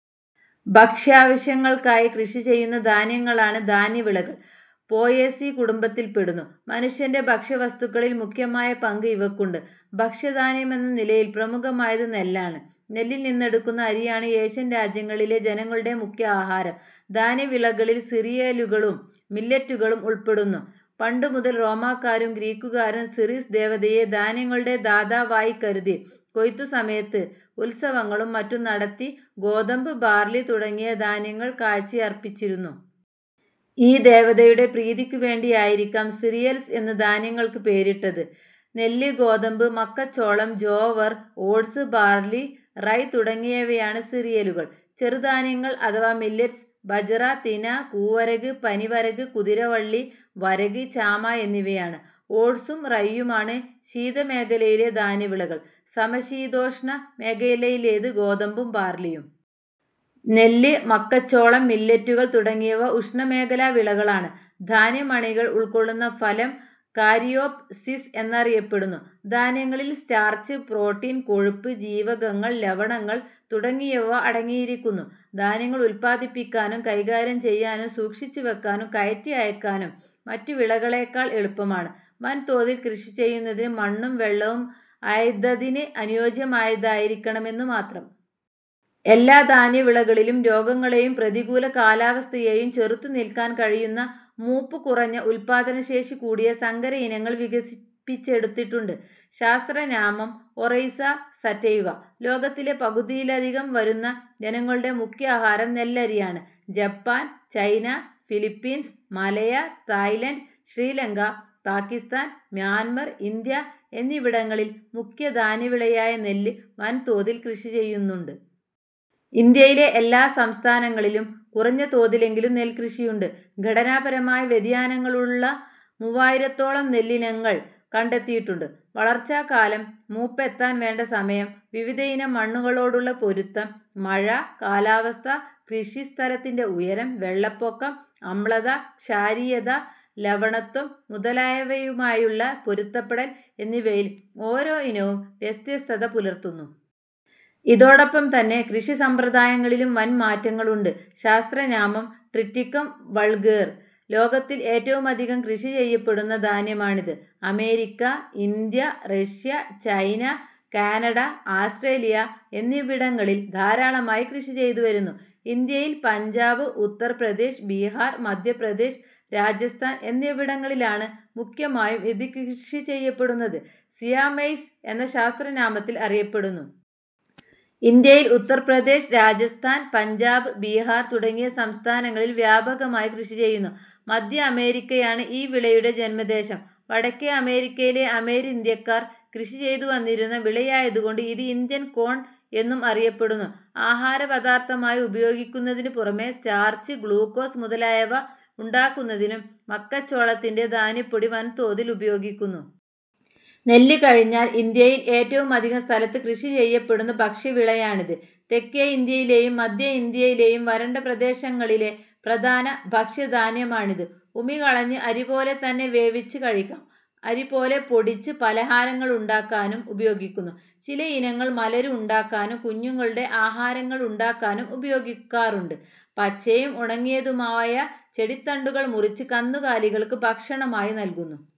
ഭക്ഷ്യാവശ്യങ്ങൾക്കായി കൃഷിചെയ്യുന്ന ധാന്യങ്ങളാണ് ധാന്യവിളകൾ. Poaceae കുടുംബത്തിൽപ്പെടുന്നു. മനുഷ്യന്റെ ഭക്ഷ്യവസ്തുക്കളിൽ മുഖ്യമായ പങ്ക് ഇവയ്ക്കുണ്ട്. ഭക്ഷ്യധാന്യമെന്ന നിലയിൽ പ്രമുഖമായത് നെല്ലാണ്. നെല്ലിൽ നിന്നെടുക്കുന്ന അരിയാണ് ഏഷ്യൻ രാജ്യങ്ങളിലെ ജനങ്ങളുടെ മുഖ്യ ആഹാരം. ധാന്യവിളകളിൽ സിറിയലുകളും മില്ലെറ്റുകളും ഉൾപ്പെടുന്നു. പണ്ടുമുതൽ റോമാക്കാരും ഗ്രീക്കുകാരും സിറിസ് ദേവതയെ ധാന്യങ്ങളുടെ ദാതാവായിക്കരുതി കൊയ്ത്തുസമയത്ത് ഉത്സവങ്ങളും മറ്റും നടത്തി ഗോതമ്പ്, ബാർലി തുടങ്ങിയ ധാന്യങ്ങൾ കാഴ്ചയർപ്പിച്ചിരുന്നു. ഈ ദേവതയുടെ പ്രീതിക്കുവേണ്ടിയായിരിക്കാം സിറിയൽസ് എന്ന് ധാന്യങ്ങൾക്ക് പേരിട്ടത്. നെല്ല്, ഗോതമ്പ്, മക്കച്ചോളം, ജോവർ, ഓട്സ്, ബാർലി, റൈ തുടങ്ങിയവയാണ് സിറിയലുകൾ. ചെറുധാന്യങ്ങൾ അഥവാ മില്ലെറ്റ്സ് ബജ്റ, തിന, കൂവരക്, പനിവരക്, കുതിരവള്ളി, വരക്, ചാമ എന്നിവയാണ്. ഓട്സും റൈയുമാണ് ശീതമേഖലകളിലെ ധാന്യവിളകൾ; സമശീതോഷ്ണ മേഖലയിലേത് ഗോതമ്പും ബാർലിയും. നെല്ല്, മക്കച്ചോളം, മില്ലെറ്റുകൾ തുടങ്ങിയവ ഉഷ്ണമേഖലാ വിളകളാണ്. ധാന്യമണികൾ ഉൾക്കൊള്ളുന്ന ഫലം കാരിയോപ് സിസ് എന്നറിയപ്പെടുന്നു. ധാന്യങ്ങളിൽ സ്റ്റാർച്ച്, പ്രോട്ടീൻ, കൊഴുപ്പ്, ജീവകങ്ങൾ, ലവണങ്ങൾ തുടങ്ങിയവ അടങ്ങിയിരിക്കുന്നു. ധാന്യങ്ങൾ ഉത്പാദിപ്പിക്കാനും കൈകാര്യം ചെയ്യാനും സൂക്ഷിച്ചുവയ്ക്കാനും കയറ്റി അയയ്ക്കാനും മറ്റു വിളകളെക്കാൾ എളുപ്പമാണ്. വൻതോതിൽ കൃഷിചെയ്യുന്നതിന് മണ്ണും വെള്ളവും അതതിന് അനുയോജ്യമായതായിരിക്കണമെന്നു മാത്രം. എല്ലാ ധാന്യവിളകളിലും രോഗങ്ങളെയും പ്രതികൂല കാലാവസ്ഥയെയും ചെറുത്തു നില്ക്കാൻ കഴിയുന്ന മൂപ്പു കുറഞ്ഞ, ഉത്പാദനശേഷി കൂടിയ സങ്കരയിനങ്ങൾ വികസിപ്പിച്ചെടുത്തിട്ടുണ്ട്. ശാസ്ത്രനാമം: ഒറൈസ സറ്റൈവ. ലോകത്തിലെ പകുതിയിലധികം വരുന്ന ജനങ്ങളുടെ മുഖ്യാഹാരം നെല്ലരിയാണ്. Japan, China, Philippines, Malaya, Thailand, Sri Lanka, Pakistan, Myanmar, India എന്നിവിടങ്ങളിൽ മുഖ്യ ധാന്യവിളയായ നെല്ല് വൻതോതിൽ കൃഷിചെയ്യുന്നുണ്ട്. ഇന്ത്യയിലെ എല്ലാ സംസ്ഥാനങ്ങളിലും കുറഞ്ഞ തോതിലെങ്കിലും നെൽക്കൃഷിയുണ്ട്. ഘടനാപരമായ വ്യതിയാനങ്ങളുള്ള മൂവായിരത്തോളം നെല്ലിനങ്ങൾ കണ്ടെത്തിയിട്ടുണ്ട്. വളർച്ചാകാലം; മൂപ്പെത്താൻ വേണ്ട സമയം; വിവിധയിനം മണ്ണുകളോടുള്ള പൊരുത്തം; മഴ, കാലാവസ്ഥ, കൃഷി സ്ഥലത്തിന്റെ ഉയരം, വെള്ളപ്പൊക്കം, അമ്ലത-ക്ഷാരീയത, ലവണത്വം മുതലായവയുമായുള്ള പൊരുത്തപ്പെടൽ എന്നിവയിൽ ഓരോ ഇനവും വ്യത്യസ്തത പുലർത്തുന്നു. ഇതോടൊപ്പംതന്നെ കൃഷിസമ്പ്രദായങ്ങളിലും വൻ മാറ്റങ്ങളുണ്ട്. ശാസ്ത്രനാമം: ട്രിറ്റിക്കം വൾഗേർ. ലോകത്തിൽ ഏറ്റവുമധികം കൃഷിചെയ്യപ്പെടുന്ന ധാന്യമാണിത്. America, India, Russia, China, Canada, Australia എന്നിവിടങ്ങളിൽ ധാരാളമായി കൃഷിചെയ്തുവരുന്നു. ഇന്ത്യയിൽ പഞ്ചാബ്, ഉത്തർപ്രദേശ്, ബിഹാർ, മധ്യപ്രദേശ്, രാജസ്ഥാൻ എന്നിവിടങ്ങളിലാണ് മുഖ്യമായും ഇത് കൃഷി ചെയ്യപ്പെടുന്നത്. സിയാ മെയ്സ് എന്ന ശാസ്ത്രനാമത്തിൽ അറിയപ്പെടുന്നു. ഇന്ത്യയിൽ ഉത്തർപ്രദേശ്, രാജസ്ഥാൻ, പഞ്ചാബ്, ബിഹാർ തുടങ്ങിയ സംസ്ഥാനങ്ങളിൽ വ്യാപകമായി കൃഷിചെയ്യുന്നു. മധ്യ അമേരിക്കയാണ് ഈ വിളയുടെ ജന്മദേശം. വടക്കേ അമേരിക്കയിലെ അമേരിന്ത്യക്കാർ കൃഷിചെയ്തുവന്നിരുന്ന വിളയായതുകൊണ്ട് ഇത് ഇന്ത്യൻ കോൺ എന്നും അറിയപ്പെടുന്നു. ആഹാരപദാർഥമായി ഉപയോഗിക്കുന്നതിനുപുറമേ സ്റ്റാർച്ച്, ഗ്ലൂക്കോസ് മുതലായവ ഉണ്ടാക്കുന്നതിനും മക്കച്ചോളത്തിന്റെ ധാന്യപ്പൊടി വൻതോതിൽ ഉപയോഗിക്കുന്നു. നെല്ല് കഴിഞ്ഞാൽ ഇന്ത്യയിൽ ഏറ്റവുമധികം സ്ഥലത്ത് കൃഷിചെയ്യപ്പെടുന്ന ഭക്ഷ്യവിളയാണിത്. തെക്കേ ഇന്ത്യയിലെയും മധ്യഇന്ത്യയിലെയും വരണ്ട പ്രദേശങ്ങളിലെ പ്രധാന ഭക്ഷ്യധാന്യമാണിത്. ഉമി കളഞ്ഞ് അരി പോലെതന്നെ വേവിച്ച് കഴിക്കാം. അരി പോലെ പൊടിച്ച് പലഹാരങ്ങളുണ്ടാക്കാനും ഉപയോഗിക്കുന്നു. ചിലയിനങ്ങൾ മലര് ഉണ്ടാക്കാനും കുഞ്ഞുങ്ങളുടെ ആഹാരങ്ങളുണ്ടാക്കാനും ഉപയോഗിക്കാറുണ്ട്. പച്ചയും ഉണങ്ങിയതുമായ ചെടിത്തണ്ടുകൾ മുറിച്ച് കന്നുകാലികൾക്ക് ഭക്ഷണമായി നല്കുന്നു.